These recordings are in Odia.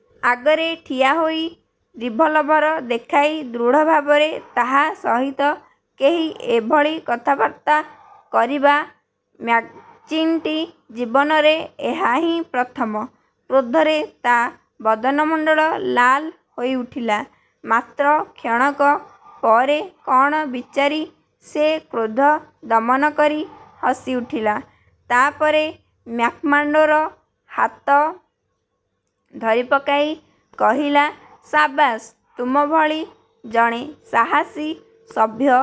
'' ଆଗରେ ଠିଆହୋଇ ରିଭଲଭର ଦେଖାଇ ଦୃଢ଼ଭାବରେ ତାହା ସହିତ କେହି ଏଭଳି କଥାବାର୍ତ୍ତା କରିବା ମ୍ୟାକ୍ଜିଣ୍ଟି ଜୀବନରେ ଏହା ହିଁ ପ୍ରଥମ। କ୍ରୋଧରେ ତା ବଦନମଣ୍ଡଳ ଲାଲ ହୋଇଉଠିଲା। ମାତ୍ର କ୍ଷଣକ ପରେ କଅଣ ବିଚାରି ସେ କ୍ରୋଧ ଦମନ କରି ହସିଉଠିଲା। ତା ପରେ ମ୍ୟାକ୍ମାର୍ଡ଼ୋର ହାତ ଧରିପକାଇ କହିଲା, ''ସାବାସ୍, ତୁମ ଭଳି ଜଣେ ସାହସୀ ସଭ୍ୟ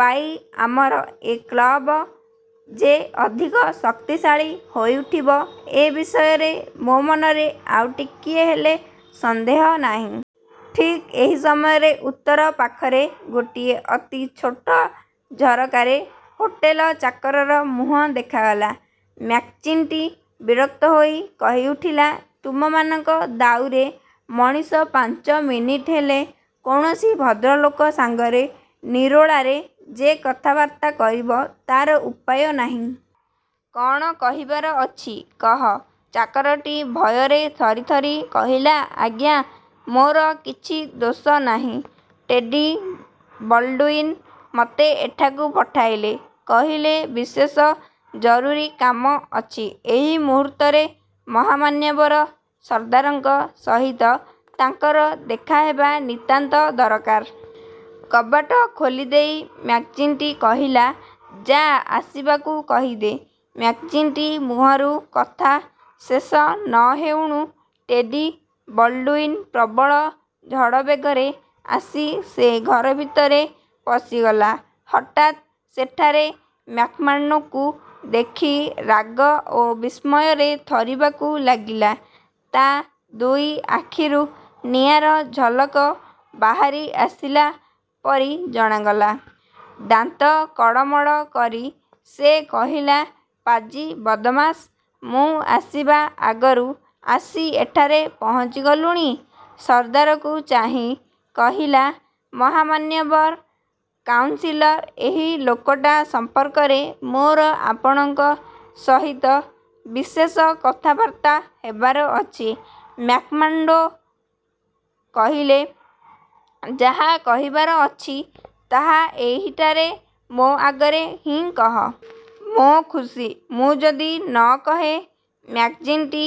ପାଇ ଆମର ଏ କ୍ଳବ ଯେ ଅଧିକ ଶକ୍ତିଶାଳୀ ହୋଇଉଠିବ, ଏ ବିଷୟରେ ମୋ ମନରେ ଆଉ ଟିକିଏ ହେଲେ ସନ୍ଦେହ ନାହିଁ। '' ଠିକ୍ ଏହି ସମୟରେ ଉତ୍ତର ପାଖରେ ଗୋଟିଏ ଅତି ଛୋଟ ଝରକାରେ ହୋଟେଲ ଚାକରର ମୁହଁ ଦେଖାଗଲା। ମ୍ୟାକ୍ଜିଣ୍ଟି ବିରକ୍ତହୋଇ କହିଉଠିଲା, ''ତୁମମାନଙ୍କ ଦାଉରେ ମଣିଷ ପାଞ୍ଚ ମିନିଟ୍ ହେଲେ କୌଣସି ଭଦ୍ରଲୋକ ସାଙ୍ଗରେ ନିରୋଳାରେ ଯେ କଥାବାର୍ତ୍ତା କରିବ, ତାର ଉପାୟ ନାହିଁ। କଅଣ କହିବାର ଅଛି? କହ। '' ଚାକରଟି ଭୟରେ ଥରିଥରି କହିଲା, ''ଆଜ୍ଞା, ମୋର କିଛି ଦୋଷ ନାହିଁ। ଟେଡ଼ି ବଲ୍ଡ଼ୁଇନ ମୋତେ ଏଠାକୁ ପଠାଇଲେ। କହିଲେ, ବିଶେଷ ଜରୁରୀ କାମ ଅଛି, ଏହି ମୁହୂର୍ତ୍ତରେ ମହାମାନ୍ୟବର ସର୍ଦ୍ଦାରଙ୍କ ସହିତ ତାଙ୍କର ଦେଖାହେବା ନିତାନ୍ତ ଦରକାର। '' କବାଟ ଖୋଲିଦେଇ ମ୍ୟାକ୍ଜିଣ୍ଟି କହିଲା, ''ଯା, ଆସିବାକୁ କହିଦେ। '' ମ୍ୟାକ୍ଜିଣ୍ଟି ମୁହଁରୁ କଥା ଶେଷ ନ ହେଉଣୁ ଟେଡ଼ି ବଲ୍ଡ଼ୁଇନ ପ୍ରବଳ ଝଡ଼ବେଗରେ ଆସି ସେ ଘରଭିତରେ ପଶିଗଲା। ହଠାତ୍ ସେଠାରେ ମ୍ୟାକ୍ମାର୍ଡ଼ୋଙ୍କୁ ଦେଖି ରାଗ ଓ ବିସ୍ମୟରେ ଥରିବାକୁ ଲାଗିଲା। ତା ଦୁଇ ଆଖିରୁ ନିଆଁର ଝଲକ ବାହାରି ଆସିଲା ପରି ଜଣାଗଲା। ଦାନ୍ତ କଡ଼ମଡ଼ କରି ସେ କହିଲା, ''ପାଜି, ବଦମାସ୍! ମୁଁ ଆସିବା ଆଗରୁ ଆସି ଏଠାରେ ପହଞ୍ଚିଗଲୁଣି? '' ସର୍ଦ୍ଦାରକୁ ଚାହିଁ କହିଲା, ''ମହାମାନ୍ୟବର କାଉନ୍ସିଲର, ଏହି ଲୋକଟା ସମ୍ପର୍କରେ ମୋର ଆପଣଙ୍କ ସହିତ ବିଶେଷ କଥାବାର୍ତ୍ତା ହେବାର ଅଛି। '' ମ୍ୟାକ୍ମାର୍ଡ଼ୋ କହିଲେ, ''ଯାହା କହିବାର ଅଛି, ତାହା ଏହିଠାରେ ମୋ ଆଗରେ ହିଁ କହ। '' ''ମୋ ଖୁସି, ମୁଁ ଯଦି ନ କହେ? '' ମ୍ୟାକ୍ଜିଣ୍ଟି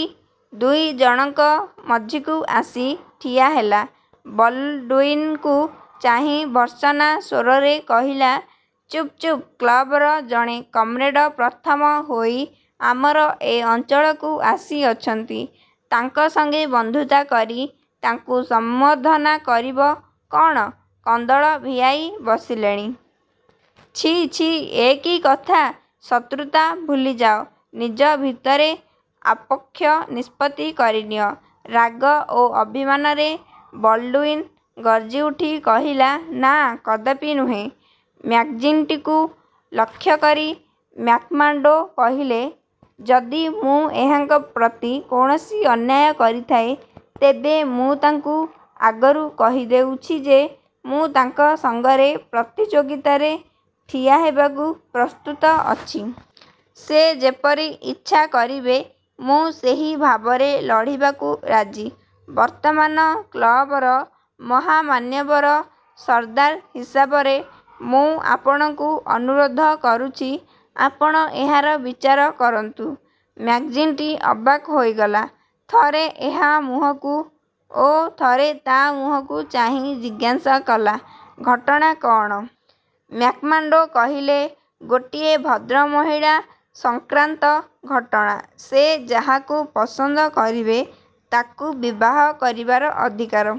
ଦୁଇ ଜଣଙ୍କ ମଝିକୁ ଆସି ଠିଆହେଲା। ବଲ୍ଡ଼ୁଇନକୁ ଚାହିଁ ଭତ୍ସର୍ନାସ୍ୱରରେ କହିଲା, ''ଚୁପ୍ ଚୁପ୍, କ୍ଳବର ଜଣେ କମ୍ରେଡ଼ ପ୍ରଥମ ହୋଇ ଆମର ଏ ଅଞ୍ଚଳକୁ ଆସିଅଛନ୍ତି। ତାଙ୍କ ସଙ୍ଗେ ବନ୍ଧୁତା କରି ତାଙ୍କୁ ସମ୍ବର୍ଦ୍ଧନା କରିବ କଅଣ, କନ୍ଦଳ ଭିଆଇ ବସିଲେଣି। ଛି, ଛି, ଏ କି କଥା-? ଶତ୍ରୁତା ଭୁଲିଯାଅ। ନିଜ ଭିତରେ ଆପୋଷ ନିଷ୍ପତ୍ତି କରିନିଅ। '' ରାଗ ଓ ଅଭିମାନରେ ବଲ୍ଡ଼ୁଇନ ଗର୍ଜିଉଠି କହିଲା, ''ନା, କଦାପି ନୁହେଁ। '' ମ୍ୟାକ୍ଜିଣ୍ଟିକୁ ଲକ୍ଷ୍ୟକରି ମ୍ୟାକ୍ମାର୍ଡ଼ୋ କହିଲେ, ''ଯଦି ମୁଁ ଏହାଙ୍କ ପ୍ରତି କୌଣସି ଅନ୍ୟାୟ କରିଥାଏ, ତେବେ ମୁଁ ତାଙ୍କୁ ଆଗରୁ କହି ଦେଉଛି ଯେ, ମୁଁ ତାଙ୍କ ସଙ୍ଗରେ ପ୍ରତିଯୋଗିତାରେ ଠିଆହେବାକୁ ପ୍ରସ୍ତୁତ ଅଛି। ସେ ଯେପରି ଇଚ୍ଛା କରିବେ, ମୁଁ ସେହି ଭାବରେ ଲଢ଼ିବାକୁ ରାଜି। ବର୍ତ୍ତମାନ କ୍ଳବର ମହାମାନ୍ୟବର ସର୍ଦ୍ଦାର ହିସାବରେ ମୁଁ ଆପଣଙ୍କୁ ଅନୁରୋଧ କରୁଛି, ଆପଣ ଏହାର ବିଚାର କରନ୍ତୁ। '' ମ୍ୟାକ୍ଜିଣ୍ଟି ଅବାକ୍ ହୋଇଗଲା। ଥରେ ଏହା ମୁହଁକୁ ଓ ଥରେ ତା ମୁହଁକୁ ଚାହିଁ ଜିଜ୍ଞାସା କଲା, ''ଘଟଣା କଅଣ? '' ମ୍ୟାକ୍ମାର୍ଡ଼ୋ କହିଲେ, ''ଗୋଟିଏ ଭଦ୍ରମହିଳା ସଂକ୍ରାନ୍ତ ଘଟଣା। ସେ ଯାହାକୁ ପସନ୍ଦ କରିବେ, ତାକୁ ବିବାହ କରିବାର ଅଧିକାର